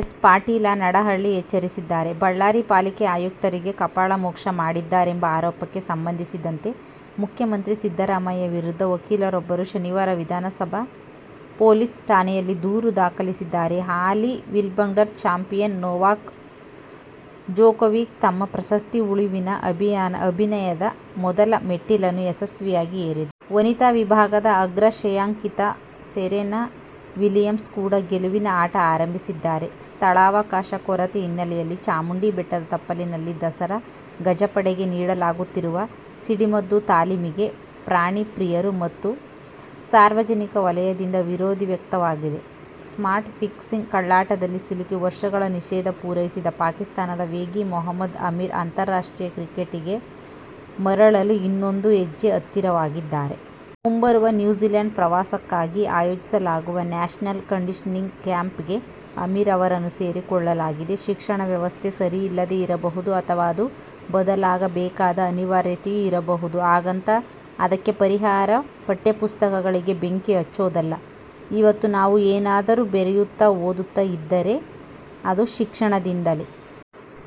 S. Patil Nadahalli ಎಚ್ಚರಿಸಿದ್ದಾರೆ. ಬಳ್ಳಾರಿ ಪಾಲಿಕೆ ಆಯುಕ್ತರಿಗೆ ಕಪಾಳಮೋಕ್ಷ ಮಾಡಿದ್ದಾರೆಂಬ ಆರೋಪಕ್ಕೆ ಸಂಬಂಧಿಸಿದಂತೆ ಮುಖ್ಯಮಂತ್ರಿ ಸಿದ್ದರಾಮಯ್ಯ ವಿರುದ್ಧ ವಕೀಲರೊಬ್ಬರು ಶನಿವಾರ ವಿಧಾನಸೌಧ ಪೊಲೀಸ್ ಠಾಣೆಯಲ್ಲಿ ದೂರು ದಾಖಲಿಸಿದ್ದಾರೆ. ಹಾಲಿ ವಿಂಬಲ್ಡನ್ ಚಾಂಪಿಯನ್ ನೊವಾಕ್ ಜೊಕೋವಿಕ್ ತಮ್ಮ ಪ್ರಶಸ್ತಿ ಉಳಿವಿನ ಅಭಿಯಾನದ ಮೊದಲ ಮೆಟ್ಟಿಲನ್ನು ಯಶಸ್ವಿಯಾಗಿ ಏರಿದ್ದಾರೆ. ವನಿತಾ ವಿಭಾಗದ ಅಗ್ರ ಶ್ರೇಯಾಂಕಿತೆ ಸೆರೆನಾ ವಿಲಿಯಮ್ಸ್ ಕೂಡ ಗೆಲುವಿನ ಆಟ ಆರಂಭಿಸಿದ್ದಾರೆ. ಸ್ಥಳಾವಕಾಶ ಕೊರತೆ ಹಿನ್ನೆಲೆಯಲ್ಲಿ ಚಾಮುಂಡಿ ಬೆಟ್ಟದ ತಪ್ಪಲಿನಲ್ಲಿ ದಸರಾ ಗಜಪಡೆಗೆ ನೀಡಲಾಗುತ್ತಿರುವ ಸಿಡಿಮದ್ದು ತಾಲೀಮಿಗೆ ಪ್ರಾಣಿ ಪ್ರಿಯರು ಮತ್ತು ಸಾರ್ವಜನಿಕ ವಲಯದಿಂದ ವಿರೋಧ ವ್ಯಕ್ತವಾಗುತ್ತಿದೆ. ಸ್ಪಾಟ್ ಫಿಕ್ಸಿಂಗ್ ಕಳ್ಳಾಟದಲ್ಲಿ ಸಿಲುಕಿ ವರ್ಷಗಳ ನಿಷೇಧ ಪೂರೈಸಿದ ಪಾಕಿಸ್ಥಾನದ ವೇಗಿ ಮೊಹಮ್ಮದ್ ಆಮೀರ್ ಅಂತಾರಾಷ್ಟ್ರೀಯ ಕ್ರಿಕೆಟಿಗೆ ಮರಳಲು ಇನ್ನೊಂದು ಹೆಜ್ಜೆ ಹತ್ತಿರವಾಗಿದ್ದಾರೆ. ಮುಂಬರುವ ನ್ಯೂಜಿಲ್ಯಾಂಡ್ ಪ್ರವಾಸಕ್ಕಾಗಿ ಆಯೋಜಿಸಲಾಗುವ "ನ್ಯಾಶನಲ್ ಕಂಡೀಷನಿಂಗ್ ಕ್ಯಾಂಪ್'ಗೆ ಆಮೀರ್ ಅವರನ್ನೂ ಸೇರಿಸಿಕೊಳ್ಳಲಾಗಿದೆ. "ಶಿಕ್ಷಣ ವ್ಯವಸ್ಥೆ ಸರಿ ಇಲ್ಲದೇ ಇರಬಹುದು ಅಥವಾ ಅದು ಬದಲಾಗಬೇಕಾದ ಅನಿವಾರ್ಯತೆಯೂ ಇರಬಹುದು. ಹಾಗಂತ ಅದಕ್ಕೆ ಪರಿಹಾರ ಪಠ್ಯಪುಸ್ತಕಗಳಿಗೆ ಬೆಂಕಿ ಹಚ್ಚೋದಲ್ಲ. ಇವತ್ತು ನಾವು ಏನಾದರೂ ಬರೆಯುತ್ತಾ, ಓದುತ್ತಾ ಇದ್ದರೆ ಅದು ಶಿಕ್ಷಣದಿಂದಾಗಿ.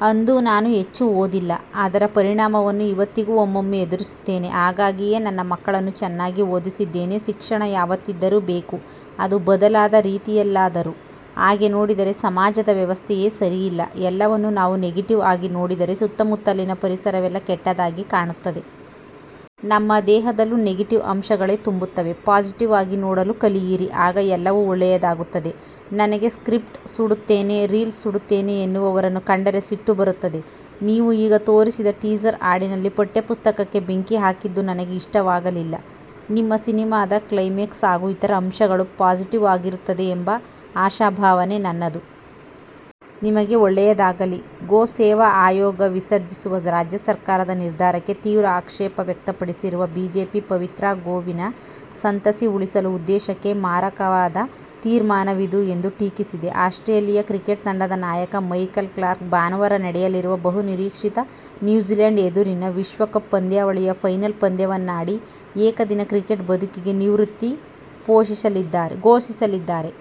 ಅಂದು ನಾನು ಹೆಚ್ಚು ಓದಿಲ್ಲ. ಅದರ ಪರಿಣಾಮನ್ನು ಇವತ್ತಿಗೂ ಒಮ್ಮೊಮ್ಮೆ ಎದುರಿಸುತ್ತೇನೆ. ಹಾಗಾಗಿಯೇ ನನ್ನ ಮಕ್ಕಳನ್ನು ಚೆನ್ನಾಗಿ ಓದಿಸಿದ್ದೇನೆ. ಶಿಕ್ಷಣ ಯಾವತ್ತಿದ್ದರೂ ಬೇಕು. ಅದು ಬದಲಾದ ರೀತಿಯಲ್ಲಾದರೂ. ಹಾಗೆ ನೋಡಿದರೆ ಸಮಾಜದ ವ್ಯವಸ್ಥೆಯೇ ಸರಿಯಿಲ್ಲ. ಎಲ್ಲವನ್ನು ನಾವು ನೆಗೆಟಿವ್ ಆಗಿ ನೋಡಿದರೆ ಸುತ್ತಮುತ್ತಲಿನ ಪರಿಸರವೆಲ್ಲ ಕೆಟ್ಟದಾಗಿ ಕಾಣುತ್ತದೆ. ನಮ್ಮ ದೇಹದಲ್ಲೂ ನೆಗೆಟಿವ್ ಅಂಶಗಳೇ ತುಂಬುತ್ತವೆ. ಪಾಸಿಟಿವ್ ಆಗಿ ನೋಡಲು ಕಲಿಯಿರಿ. ಆಗ ಎಲ್ಲವೂ ಒಳ್ಳೆಯದಾಗುತ್ತದೆ. ನನಗೆ ಸ್ಕ್ರಿಪ್ಟ್ ಸುಡುತ್ತೇನೆ, ರೀಲ್ ಸುಡುತ್ತೇನೆ ಎನ್ನುವವರನ್ನು ಕಂಡರೆ ಸಿಟ್ಟು ಬರುತ್ತದೆ. ನೀವು ಈಗ ತೋರಿಸಿದ ಟೀಸರ್, ಹಾಡಿನಲ್ಲಿ ಪಠ್ಯಪುಸ್ತಕಕ್ಕೆ ಬೆಂಕಿ ಹಾಕಿದ್ದು ನನಗೆ ಇಷ್ಟವಾಗಲಿಲ್ಲ. ನಿಮ್ಮ ಸಿನಿಮಾದ ಕ್ಲೈಮ್ಯಾಕ್ಸ್ ಹಾಗೂ ಇತರ ಅಂಶಗಳು ಪಾಸಿಟಿವ್ ಆಗಿರುತ್ತದೆ ಎಂಬ ಆಶಾಭಾವನೆ ನನ್ನದು. ನಿಮಗೆ ಒಳ್ಳೆಯದಾಗಲಿ' ಗೋ ಸೇವಾ ಆಯೋಗ ವಿಸರ್ಜಿಸುವ ರಾಜ್ಯ ಸರ್ಕಾರದ ನಿರ್ಧಾರಕ್ಕೆ ತೀವ್ರ ಆಕ್ಷೇಪ ವ್ಯಕ್ತಪಡಿಸಿರುವ ಬಿಜೆಪಿ, ಪವಿತ್ರ ಗೋವಿನ ಸಂತತಿ ಉಳಿಸುವ ಉದ್ದೇಶಕ್ಕೆ ಮಾರಕವಾದ ತೀರ್ಮಾನವಿದು ಎಂದು ಟೀಕಿಸಿದೆ. ಆಸ್ಟ್ರೇಲಿಯಾ ಕ್ರಿಕೆಟ್ ತಂಡದ ನಾಯಕ ಮೈಕಲ್ ಕ್ಲಾರ್ಕ್ ಭಾನುವಾರ ನಡೆಯಲಿರುವ ಬಹು ನಿರೀಕ್ಷಿತ ನ್ಯೂಜಿಲ್ಯಾಂಡ್ ಎದುರಿನ ವಿಶ್ವಕಪ್ ಪಂದ್ಯಾವಳಿಯ ಫೈನಲ್ ಪಂದ್ಯವನ್ನಾಡಿ ಏಕದಿನ ಕ್ರಿಕೆಟ್ ಬದುಕಿಗೆ ನಿವೃತ್ತಿ ಘೋಷಿಸಲಿದ್ದಾರೆ.